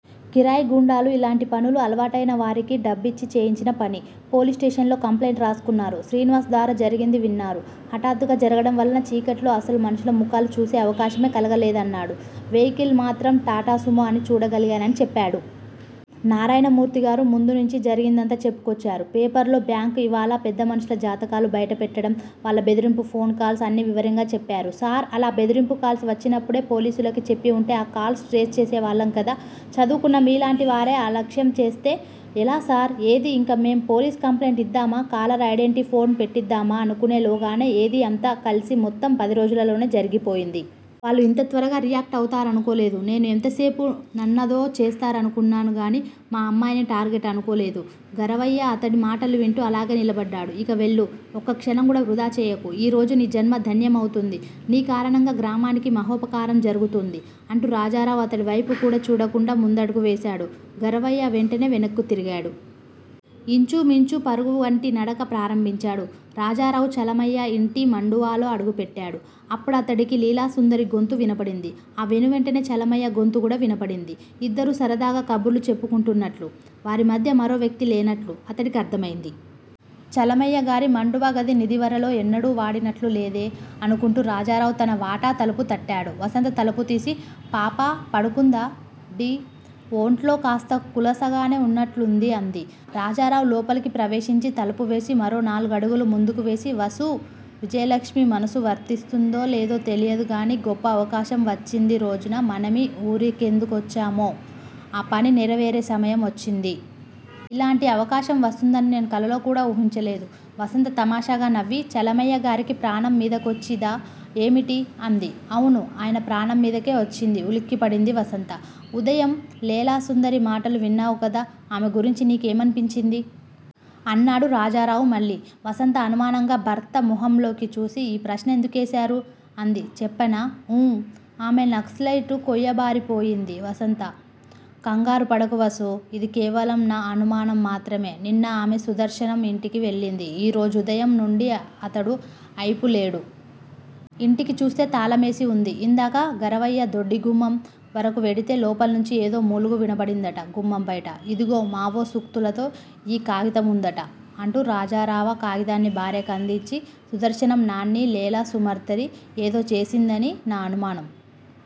కిరాయిగూండాలు, ఇలాంటి పనులు అలవాటైన వారికి డబ్బిచ్చి చేయించిన పని. పోలీస్ స్టేషన్ లో కంప్లయింట్ రాసుకున్నారు. శ్రీనివాస్ ద్వారా జరిగింది విన్నారు. హఠాత్తుగా జరగడం వలన చీకటిలో అసలు మనుషుల ముఖాలు చూసే అవకాశమే కలగలేదన్నాడు. వెహికల్ మాత్రం టాటాసుమో అని చూడగలిగానని చెప్పాడు. నారాయణమూర్తిగారు ముందునించి జరిగిందంతా చెప్పుకొచ్చారు. పేపరులో బ్యాంక్ ఇవాళా, పెద్దమనుషుల జాతకాలు బయటపెట్టడం, వాళ్ళ బెదిరింపు ఫోన్ కాల్స్, అన్నీ వివరంగా చెప్పారు. సార్, అలా బెదిరింపు కాల్స్ వచ్చినప్పుడే పోలీసులకి చెప్పివుంటే ఆ కాల్స్ ట్రేస్ చేసేవాళ్ళం గదా చదువుకున్న మీలాంటివారే అలక్ష్యం చేస్తే ఎలా సార్ ఏదీ ఇంకా మేం పోలీస్ కంప్లైంట్ ఇద్దామా, కాలర్ ఐడెంటి ఫోన్ పెట్టిద్దామా అనుకునేలోగానే ఏదీ అంతా కల్సి మొత్తం పదిరోజులలోనే జరిగిపోయింది. వాళ్ళు ఇంత త్వరగా రియాక్ట్ అవుతారనుకోలేదు. నేను ఎంతసేపూ నన్నదో చేస్తారనుకున్నాను గాని మా అమ్మాయిని టార్గెట్ అనుకోలేదు. గరవయ్య అతడి మాటలు వింటూ అలాగే నిలబడ్డాడు. ఇక వెళ్ళు. ఒక్క క్షణం కూడా వృధా చేయకు. ఈ రోజు నీ జన్మ ధన్యమవుతోంది. నీ కారణంగా గ్రామానికి మహోపకారం జరిగుతోంది __ అంటూ రాజారావు అతడి వైపు కూడా చూడకుండా ముందడుగు వేశాడు గరవయ్య వెంటనే వెనక్కు తిరిగాడు. ఇంచుమించు పరుగువంటి నడక ప్రారంభించాడు. రాజారావు చలమయ్య ఇంటి మండువాలో అడుగు పెట్టాడు. అప్పడతడికి లీలాసుందరి గొంతు వినబడింది. ఆ వెనువెంటనే చలమయ్య గొంతు కూడా వినబడింది. ఇద్దరూ సరదాగా కబుర్లు చెప్పుకుంటున్నట్లూ __ వారి మధ్య మరో వ్యక్తి లేనట్లూ _ అతడి కర్దమయింది. చలమయ్యగారీ మండువా గది నిదివరలో ఎన్నడూ వాడినట్లు లేదే __ అనుకుంటూ రాజారావు తన వాటా తలుపు తట్టాడు. వసంత తలుపు తీసి __ పాపా పడుకుంద డీ __ ఒంట్లో కాస్త కులసగానే ఉన్నట్లుంది __ అంది. రాజారావు లోపలకు ప్రవేశించి తలుపు వేసి _ మరో నాలుగుడుగులు ముందుకువేసి __ వసూ _ విజయలక్ష్మి మనసు వరిస్తుందో లేదో తెలియదు కానీ __ గొప్ప అవకాశం పచ్చిందీరోజున మనమీ ఊరికెందు కొచ్చామో _ ఆ పని నెరవేరే సమయం వచ్చింది. ఇలాంటి అవకాశం వస్తుందని నేను కలలో కూడా ఊహించలేదు వసంత తమాషాగా నవ్వి __ చలమయ్యగారికి ప్రాణం మీదకొచ్చి దా ఏమిటి? ' అంది. అవును _ అయన ప్రాణం మీదకే వచ్చింది ఉలిక్కిపడింది వసంత. ఉఅదయం లేలాసుందరి మాటలు విన్నావుగదా __ ఆమె గురించి నీ కేమనిపించింది? ' అన్నాడు రాజారావు మళ్ళీ. వసంత అనుమానంగా భర్త ముకహ్మ్లోకి చూసి __ ఈ ప్రశ్న ఎందుకేశారు? అంది. చెప్పనా? ఊం. ఆమె నక్సలైటు కొయ్యబారిపోయింది వసంత. కంగారుపడకు వసూ! ఇది కేవలం న అనుమానం మాత్రమె నిన్న ఆమె సుదర్శనం ఇంటికి వెళ్ళింది. ఈ రోజుదయం నుండీ అతడు అయిపులేడు. ఇంటికిచూస్తే తాళమేసి ఉంది. ఇందాకా గరవయ్య దొడ్డిగుమ్మం. వరకూ వెడితే _ లోపల్నుంచి ఏదో మూలుగు వినబడిందట. గుమ్మం బయట _ ఇదిగో _ మావో సూక్తులతో ఈ కాగితముందిట _ అంటూ రాజరావా కాగితాన్ని భార్య కదించి __ సుదర్శనం నాన్ని లేలాసుమ్దరి ఏదో చేసిందని నా అనుమానం.